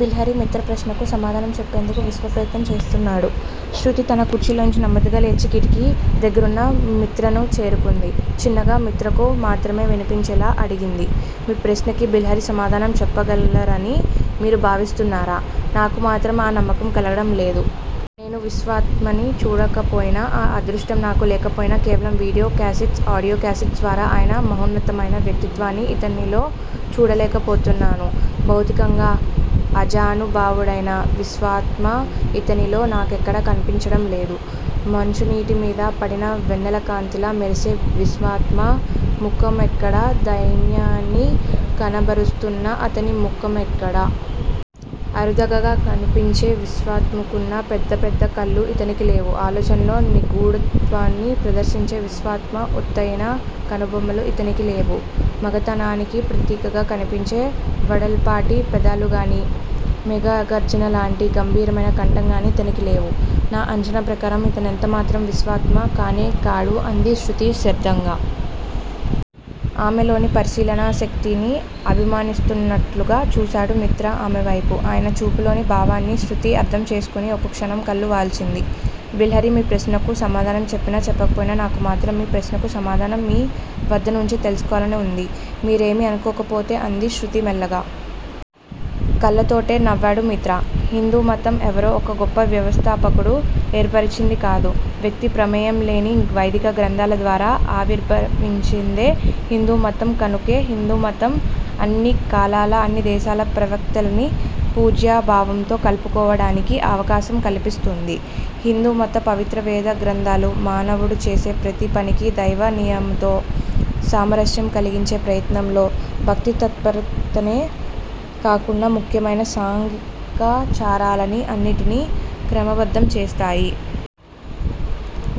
బిల్హరి మిత్ర ప్రశ్నకు సమాధానం చెప్పేందుకు విశ్వప్రయత్నం చేస్తున్నాడు. శృతి తన కుర్చీలోంచి నెమ్మదిగా లేచి కిటికి దగ్గరున్న మిత్రను చేరుకుంది. చిన్నగా మిత్రకు మాత్రమే వినిపించేలా అడిగింది. మీ ప్రశ్నకి బిల్హరి సమాధానం చెప్పగలరని మీరు భావిస్తున్నారా? నాకు మాత్రం ఆ నమ్మకం కలగడం లేదు. నేను విశ్వాత్మని చూడకపోయినా, ఆ అదృష్టం నాకు లేకపోయినా కేవలం వీడియో క్యాసెట్స్, ఆడియో కేసెట్స్ ద్వారా ఆయన మహోన్నతమైన వ్యక్తిత్వాన్ని ఇతనిలో చూడలేకపోతున్నాను. భౌతికంగా ఆజానుభావుడైన విశ్వాత్మ ఇతనిలో నాకెక్కడా కనిపించడం లేదు. మంచునీటిమీద పడిన వెన్నెలకాంతిలా మెరిసే విశ్వాత్మ ముఖమెక్కడ, దైన్యాన్ని కనబరుస్తున్న అతని ముఖమెక్కడ? అరుదుగా కనిపించే విశ్వాత్మకున్న పెద్ద పెద్ద కళ్ళు ఇతనికి లేవు. ఆలోచనల్లో నిగూఢత్వాన్ని ప్రదర్శించే విశ్వాత్మ ఒత్తయిన కనుబొమలు ఇతనికి లేవు. మగతనానికి ప్రతీకగా కనిపించే వెడల్పాటి పెదాలుగానీ, మేఘగర్జనలాంటి గంభీరమైన కంఠంగానీ ఇతనికి లేవు. నా అంచనా ప్రకారం ఇతనెంత మాత్రం విశ్వాత్మ కానేకాడు అంది శృతి స్థిరంగా. ఆమెలోని పరిశీలనాశక్తిని అభినందిస్తున్నట్లుగా చూశాడు మిత్ర ఆమెవైపు. ఆయన చూపులోని భావాన్ని శృతి అర్థం చేసుకొని ఒక్కక్షణం కళ్ళు వాల్చింది. బిల్హరి మీ ప్రశ్నకు సమాధానం చెప్పినా, చెప్పకపోయినా నాకు మాత్రం మీ ప్రశ్నకు సమాధానం మీ వద్దనుంచే తెలుసుకోవాలని వుంది. మీరేమీ అనుకోకపోతే అంది శృతి మెల్లగా. కళ్లతోటే నవ్వాడు మిత్ర. హిందూమతం ఎవరో ఒక గొప్ప వ్యవస్థాపకుడు ఏర్పరచింది కాదు. వ్యక్తి ప్రమేయంలేని వైదిక గ్రంథాల ద్వారా ఆవిర్భవించిందే హిందూ మతం కనుకే హిందూమతం అన్ని కాలాల, అన్ని దేశాల ప్రవక్తల్ని పూజ్యభావంతో కలుపుకోవడానికి అవకాశం కల్పిస్తోంది. హిందూమత పవిత్ర వేదగ్రంథాలు, మానవుడు చేసే ప్రతి పనికీ దైవనియమంతో, సామరస్యం కలిగించే ప్రయత్నంలో భక్తితత్పరతనే కాకుండా ముఖ్యమైన సాంఘికాచారాల్ని అన్నింటినీ క్రమబద్ధం చేస్తాయి.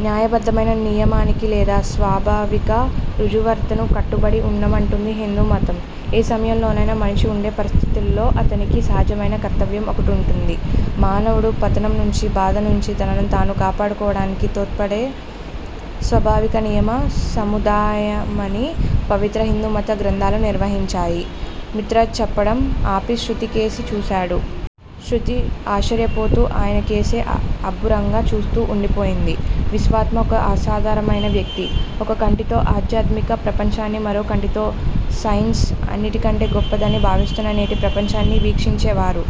న్యాయబద్ధమైన నియమానికి లేదా స్వాభావిక రుజువర్తనకు కట్టుబడి వుండమంటుంది హిందూమతం. ఏ సమయంలోనైనా మనిషి వుండే పరిస్థితుల్లో అతనికి సహజమైన కర్తవ్యం ఒకటుంటుంది, మానవుడు పతనం నుంచి, బాధ నుంచి తనను తాను కాపాడుకోవడానికి తోడ్పడే స్వాభావిక నియమ సముదాయమని పవిత్ర హిందూమత గ్రంథాలు నిర్వహించాయి మిత్ర చెప్పడం ఆపి శృతి కేసి చూశాడు. శృతి ఆశ్చర్యపోతూ ఆయనకేసే అబ్బురంగా చూస్తూ వుండిపోయింది. విశ్వాత్మ ఒక అసాధారణమైన వ్యక్తి. ఒక కంటితో ఆధ్యాత్మిక ప్రపంచాన్ని, మరో కంటితో సైన్సే అన్నిటికంటే గొప్పదని భావిస్తున్న నేటి ప్రపంచాన్ని వీక్షించేవారు.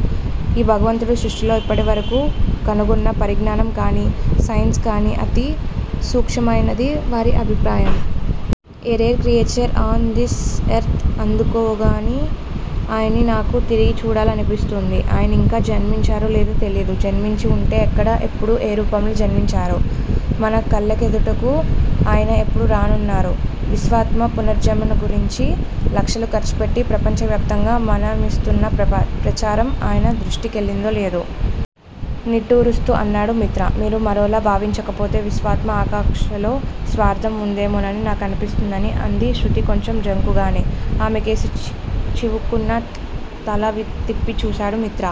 ఈ భగవంతుడు సృష్టిలో ఇప్పటివరకు కనుగొన్న పరిజ్ఞానం కానీ, సైన్స్ కానీ అతి సూక్ష్మమైనదని వారి అభిప్రాయం. A rare creature on this earth- ఎందుకోగానీ ఆయన్ని నాకు తిరిగి చూడాలనిపిస్తోంది. ఆయనింకా జన్మించారో లేదో తెలియదు. జన్మించి వుంటే ఎక్కడ ఎప్పుడు ఏ రూపంలో జన్మించారో? మన కళ్ళెదుటకు ఆయన ఎప్పుడు రానున్నారో? విశ్వాత్మ పునర్జన్మ గురించి లక్షలు ఖర్చుపెట్టి ప్రపంచవ్యాప్తంగా మనమిస్తున్న ప్రచారం ఆయన దృష్టి కెళ్ళిందో లేదో? నిట్టూరుస్తూ అన్నాడు మిత్ర. మీరు మరోలా భావించకపోతే- విశ్వాత్మ ఆకాంక్షలో స్వార్థం వుందేమోనని నాకనిపిస్తోంది అంది శృతి కొంచెం జంకుగానే. ఆమెకేసి చివుక్కున తల తిప్పి చూశాడు మిత్ర.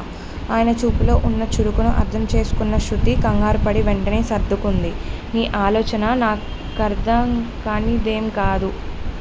ఆయన చూపుల్లో వున్న చురుకును అర్థం చేసుకున్న శృతి కంగారుపడి వెంటనే సర్దుకుంది. నీ ఆలోచన నాకర్థంకానిదేం కాదు.